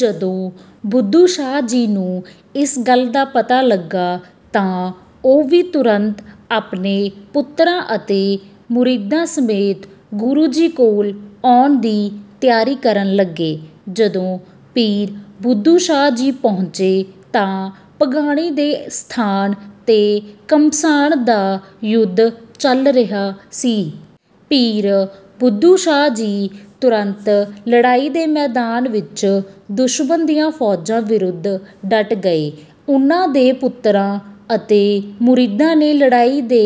ਜਦੋਂ ਬੁੱਧੂ ਸ਼ਾਹ ਜੀ ਨੂੰ ਇਸ ਗੱਲ ਦਾ ਪਤਾ ਲੱਗਾ ਤਾਂ ਉਹ ਵੀ ਤੁਰੰਤ ਆਪਣੇ ਪੁੱਤਰਾਂ ਅਤੇ ਮੁਰੀਦਾਂ ਸਮੇਤ ਗੁਰੂ ਜੀ ਕੋਲ ਆਉਣ ਦੀ ਤਿਆਰੀ ਕਰਨ ਲੱਗੇ। ਜਦੋਂ ਪੀਰ ਬੁੱਧੂ ਸ਼ਾਹ ਜੀ ਪਹੁੰਚੇ ਤਾਂ ਭੰਗਾਣੀ ਦੇ ਸਥਾਨ ਤੇ ਘਮਸਾਣ ਦਾ ਯੁੱਧ ਚੱਲ ਰਿਹਾ ਸੀ। ਪੀਰ ਬੁੱਧੂ ਸ਼ਾਹ ਜੀ ਤੁਰੰਤ ਲੜਾਈ ਦੇ ਮੈਦਾਨ ਵਿੱਚ ਦੁਸ਼ਮਣ ਦੀਆਂ ਫੌਜਾਂ ਵਿਰੁੱਧ ਡਟ ਗਏ। ਉਨ੍ਹਾਂ ਦੇ ਪੁੱਤਰਾਂ ਅਤੇ ਮੁਰੀਦਾਂ ਨੇ ਲੜਾਈ ਦੇ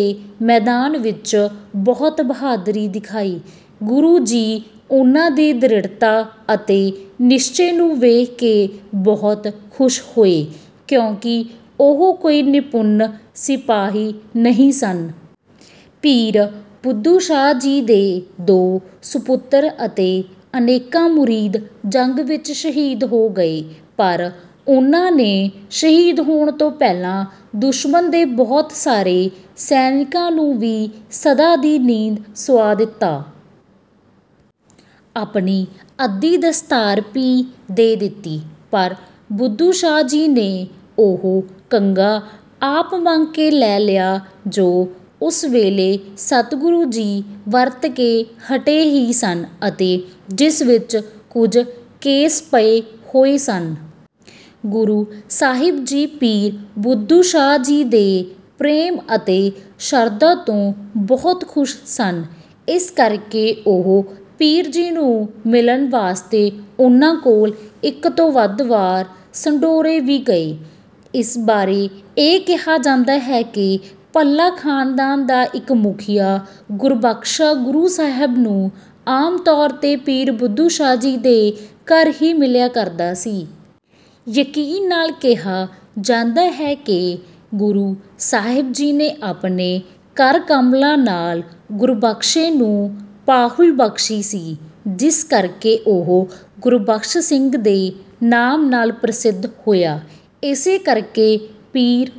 ਮੈਦਾਨ ਵਿੱਚ ਬਹੁਤ ਬਹਾਦਰੀ ਦਿਖਾਈ। ਗੁਰੂ ਜੀ ਉਨ੍ਹਾਂ ਦੀ ਦ੍ਰਿੜ੍ਹਤਾ ਅਤੇ ਨਿਸ਼ਚੇ ਨੂੰ ਵੇਖ ਕੇ ਬਹੁਤ ਖੁਸ਼ ਹੋਏ, ਕਿਉਂਕਿ ਉਹ ਕੋਈ ਨਿਪੁੰਨ ਸਿਪਾਹੀ ਨਹੀਂ ਸਨ। ਪੀਰ ਬੁੱਧੂ ਸ਼ਾਹ ਜੀ ਦੇ ਦੋ ਸਪੁੱਤਰ ਅਤੇ ਅਨੇਕਾਂ ਮੁਰੀਦ ਜੰਗ ਵਿੱਚ ਸ਼ਹੀਦ ਹੋ ਗਏ| ਪਰ ਉਨ੍ਹਾਂ ਨੇ ਸ਼ਹੀਦ ਹੋਣ ਤੋਂ ਪਹਿਲਾਂ ਦੁਸ਼ਮਣ ਦੇ ਬਹੁਤ ਸਾਰੇ ਸੈਨਿਕਾਂ ਨੂੰ ਵੀ ਸਦਾ ਦੀ ਨੀਂਦ ਸੁਆ ਦਿੱਤਾ। ਆਪਣੀ ਅੱਧੀ ਦਸਤਾਰ ਭੀ ਦੇ ਦਿੱਤੀ। ਪਰ ਬੁੱਧੂ ਸ਼ਾਹ ਜੀ ਨੇ ਉਹ ਕੰਘਾ ਆਪ ਮੰਗ ਕੇ ਲੈ ਲਿਆ, ਜੋ ਉਸ ਵੇਲੇ ਸਤਿਗੁਰੂ ਜੀ ਵਰਤ ਕੇ ਹਟੇ ਹੀ ਸਨ ਅਤੇ ਜਿਸ ਵਿੱਚ ਕੁਝ ਕੇਸ ਪਏ ਹੋਏ ਸਨ। ਗੁਰੂ ਸਾਹਿਬ ਜੀ ਪੀਰ ਬੁੱਧੂ ਸ਼ਾਹ ਜੀ ਦੇ ਪ੍ਰੇਮ ਅਤੇ ਸ਼ਰਧਾ ਤੋਂ ਬਹੁਤ ਖੁਸ਼ ਸਨ, ਇਸ ਕਰਕੇ ਉਹ ਪੀਰ ਜੀ ਨੂੰ ਮਿਲਣ ਵਾਸਤੇ ਉਨ੍ਹਾਂ ਕੋਲ, ਇੱਕ ਤੋਂ ਵੱਧ ਵਾਰ, ਸਢੌਰੇ ਵੀ ਗਏ। ਇਸ ਬਾਰੇ ਇਹ ਕਿਹਾ ਜਾਂਦਾ ਹੈ ਕਿ ਭੱਲਾ ਖਾਨਦਾਨ ਦਾ ਇੱਕ ਮੁਖੀਆ ਗੁਰਬਖਸ਼ਾ ਗੁਰੂ ਸਾਹਿਬ ਨੂੰ ਆਮ ਤੌਰ ਤੇ ਪੀਰ ਬੁੱਧੂ ਸ਼ਾਹ ਜੀ ਦੇ ਘਰ ਹੀ ਮਿਲਿਆ ਕਰਦਾ ਸੀ। ਯਕੀਨ ਨਾਲ ਕਿਹਾ ਜਾਂਦਾ ਹੈ ਕਿ ਗੁਰੂ ਸਾਹਿਬ ਜੀ ਨੇ ਆਪਣੇ ਕਰ-ਕਮਲਾਂ ਨਾਲ ਗੁਰਬਖਸ਼ੇ ਨੂੰ ਪਾਹੁਲ ਬਖਸ਼ੀ ਸੀ| ਜਿਸ ਕਰਕੇ ਉਹ ਗੁਰਬਖਸ਼ ਸਿੰਘ ਦੇ ਨਾਮ ਨਾਲ ਪ੍ਰਸਿੱਧ ਹੋਇਆ। ਇਸੇ ਕਰਕੇ ਪੀਰ